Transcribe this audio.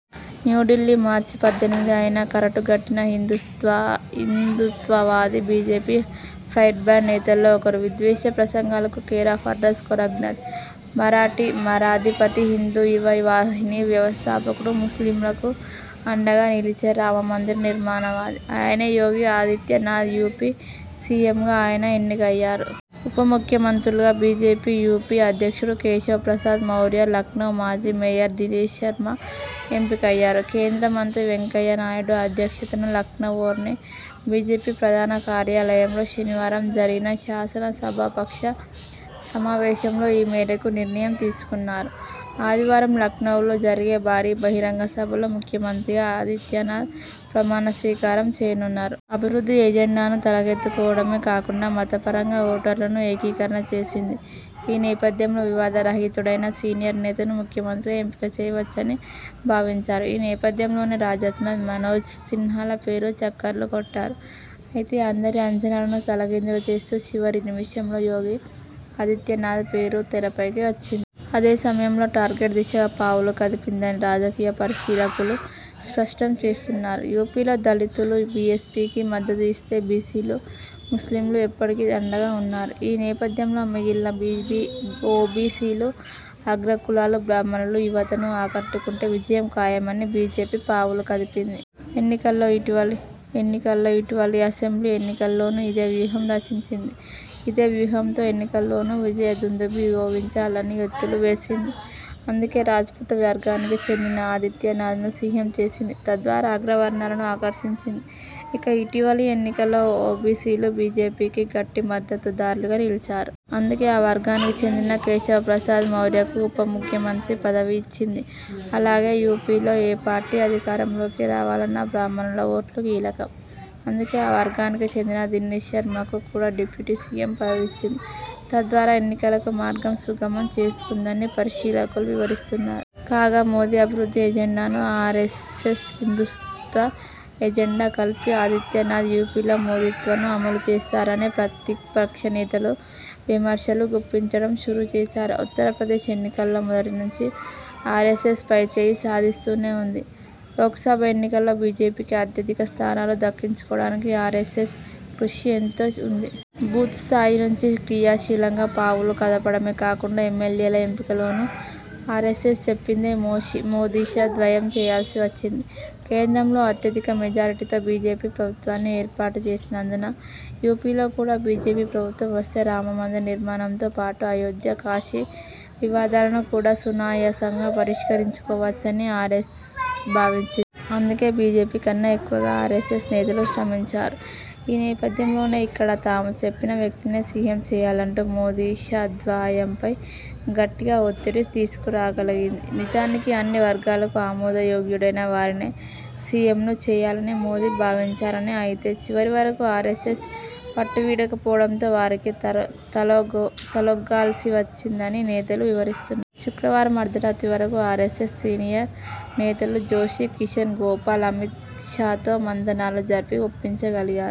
న్యూఢిల్లీ, మార్చి పద్దెనిమిది ఆయన కరడుగట్టిన హిందూత్వవాది! బీజేపీ ఫైర్బ్రాండ్ నేతల్లో ఒకరు! విద్వేష ప్రసంగాలకు కేరాఫ్ అడ్రస్! గోరఖ్నాథ్ మఠాధిపతి, హిందూ యువ వాహిని వ్యవస్థాపకుడు! ముస్లిములకూ అండగా నిలిచే రామ మందిర నిర్మాణవాది! ఆయనే యోగి ఆదిత్యనాథ్! యూపీ సీఎంగా ఆయన ఎన్నికయ్యారు. ఉప ముఖ్యమంత్రులుగా బీజేపీ యూపీ అధ్యక్షుడు కేశవ్ ప్రసాద్ మౌర్య, లఖ్నవ్ మాజీ మేయర్ దినేశ్ శర్మ ఎంపికయ్యారు. కేంద్ర మంత్రి వెంకయ్య నాయుడు అధ్యక్షతన లఖ్నవ్లోని బీజేపీ ప్రధాన కార్యాలయంలో శనివారం జరిగిన శాసన సభాపక్ష సమావేశంలో ఈమేరకు నిర్ణయం తీసుకున్నారు. ఆదివారం లఖ్నవ్లో జరిగే భారీ బహిరంగ సభలో ముఖ్యమంత్రిగా ఆదిత్యనాథ్ ప్రమాణ స్వీకారం చేయనున్నారు. అభివృద్ధి ఎజెండాను తలకెత్తుకోవడమే కాకుండా మతపరంగా ఓటర్లనూ ఏకీకరణ చేసింది. ఈ నేపథ్యంలో వివాద రహితుడైన సీనియర్ నేతను ముఖ్యమంత్రిగా ఎంపిక చేయవచ్చని భావించారు. ఈ నేపథ్యంలోనే రాజ్నాథ్, మనోజ్ సిన్హాల పేర్లు చక్కర్లు కొట్టాయి. అయితే, అందరి అంచనాలను తలకిందులు చేస్తూ చివరి నిమిషంలో యోగి ఆదిత్యనాథ్ పేరు తెరపైకి వచ్చింది. అదే సమయంలో, 'టార్గెట్ ' దిశగా పావులు కదిపిందని రాజకీయ పరిశీలకులు స్పష్టం చేస్తున్నారు. యూపీలో దళితులు బీఎస్పీకి మద్దతు ఇస్తే బీసీలు, ముస్లిములు ఎస్పీకి అండగా ఉన్నారు. ఈ నేపథ్యంలో, మిగిలిన ఓబీసీలు, అగ్రకులాలు, బ్రాహ్మణులు, యువతను ఆకట్టుకుంటే విజయం ఖాయమని బీజేపీ పావులు కదిపింది. ఎన్నికల్లో, ఇటీవలి అసెంబ్లీ ఎన్నికల్లోనూ ఇదే వ్యూహం రచించింది. ఇదే వ్యూహంతో ఎన్నికల్లోనూ విజయ దుందుభి మోగించాలని ఎత్తులు వేసింది. అందుకే, రాజ్పుత వర్గానికి చెందిన ఆదిత్యనాథ్ను సీఎం చేసింది. తద్వారా అగ్ర వర్ణాలను ఆకర్షించింది. ఇక, ఇటీవలి ఎన్నికల్లో ఓబీసీలు బీజేపీకి గట్టి మద్దతుదార్లుగా నిలిచారు. అందుకే, ఆ వర్గానికి చెందిన కేశవ్ ప్రసాద్ మౌర్యకు ఉప ముఖ్యమంత్రి పదవి ఇచ్చింది. అలాగే, యూపీలో ఏ పార్టీ అధికారంలోకి రావాలన్నా బ్రాహ్మణుల ఓట్లు కీలకం. అందుకే, ఆ వర్గానికి చెందిన దినేశ్ శర్మకూ కూడా డిప్యూటీ సీఎం పదవి ఇచ్చింది. తద్వారా, ఎన్నికలకు మార్గం సుగమం చేసుకుందని పరిశీలకులు వివరిస్తున్నారు. కాగా, మోదీ అభివృద్ధి ఎజెండాను, ఆర్ఎ్సఎస్ హిందూత్వ ఎజెండాను కలిపి ఆదిత్యనాథ్ యూపీలో 'మోదీత్వ'ను అమలు చేస్తారని ప్రతిపక్ష నేతలు విమర్శలు గుప్పించడం షురూ చేశారు. ఉత్తరప్రదేశ్ ఎన్నికల్లో మొదటి నుంచీ ఆర్ఎస్ఎస్ పైచేయి సాధిస్తూనే ఉంది. లోక్సభ ఎన్నికల్లో బీజేపీకి అత్యధిక స్థానాలు దక్కించుకోవడానికి ఆర్ఎ్సఎస్ కృషి ఎంతో ఉంది. బూతు స్థాయి నుంచి క్రియాశీలంగా పావులు కదపడమే కాకుండా ఎమ్మెల్యేల ఎంపిక లోనూ ఆర్ఎ్సఎస్ చెప్పిందే మోదీషా ద్వయం చేయాల్సి వచ్చింది. కేంద్రంలో అత్యధిక మెజారిటీతో బీజేపీ ప్రభుత్వాన్ని ఏర్పాటు చేసినందున యూపీలో కూడా బీజేపీ ప్రభుత్వం వస్తే రామ మందిర నిర్మాణంతో పాటు అయోధ్య, కాశీ వివాదాలను కూడా సునాయాసంగా పరిష్కరించుకోవచ్చని ఆర్ఎ్సఎస్ భావించింది. అందుకే, బీజేపీకన్నా ఎక్కువగా ఆర్ఎ్సఎస్ నేతలు శ్రమించారు. ఈ నేపథ్యంలోనే, ఇక్కడ తాము చెప్పిన వ్యక్తినే సీఎం చేయాలంటూ మోదీ ,షా ద్వయంపై గట్టిగా ఒత్తిడి తీసుకురాగలిగింది. నిజానికి అన్ని వర్గాలకు ఆమోదయోగ్యుడైన వారినే సీఎంను చేయాలని మోదీ భావించారని, అయితే చివరి వరకూ ఆర్ఎ్సఎస్ పట్టు వీడకపోవడంతో వారికి తలొగ్గాల్సివచ్చిందని నేతలు వివరిస్తున్నారు. శుక్రవారం అర్ధరాత్రి వరకూ ఆర్ఎ్సఎస్ సీనియర్ నేతలు జోషి, కిషన్ గోపాల్ అమిత్ షా తో మంతనాలు జరిపి ఒప్పించగలిగారు.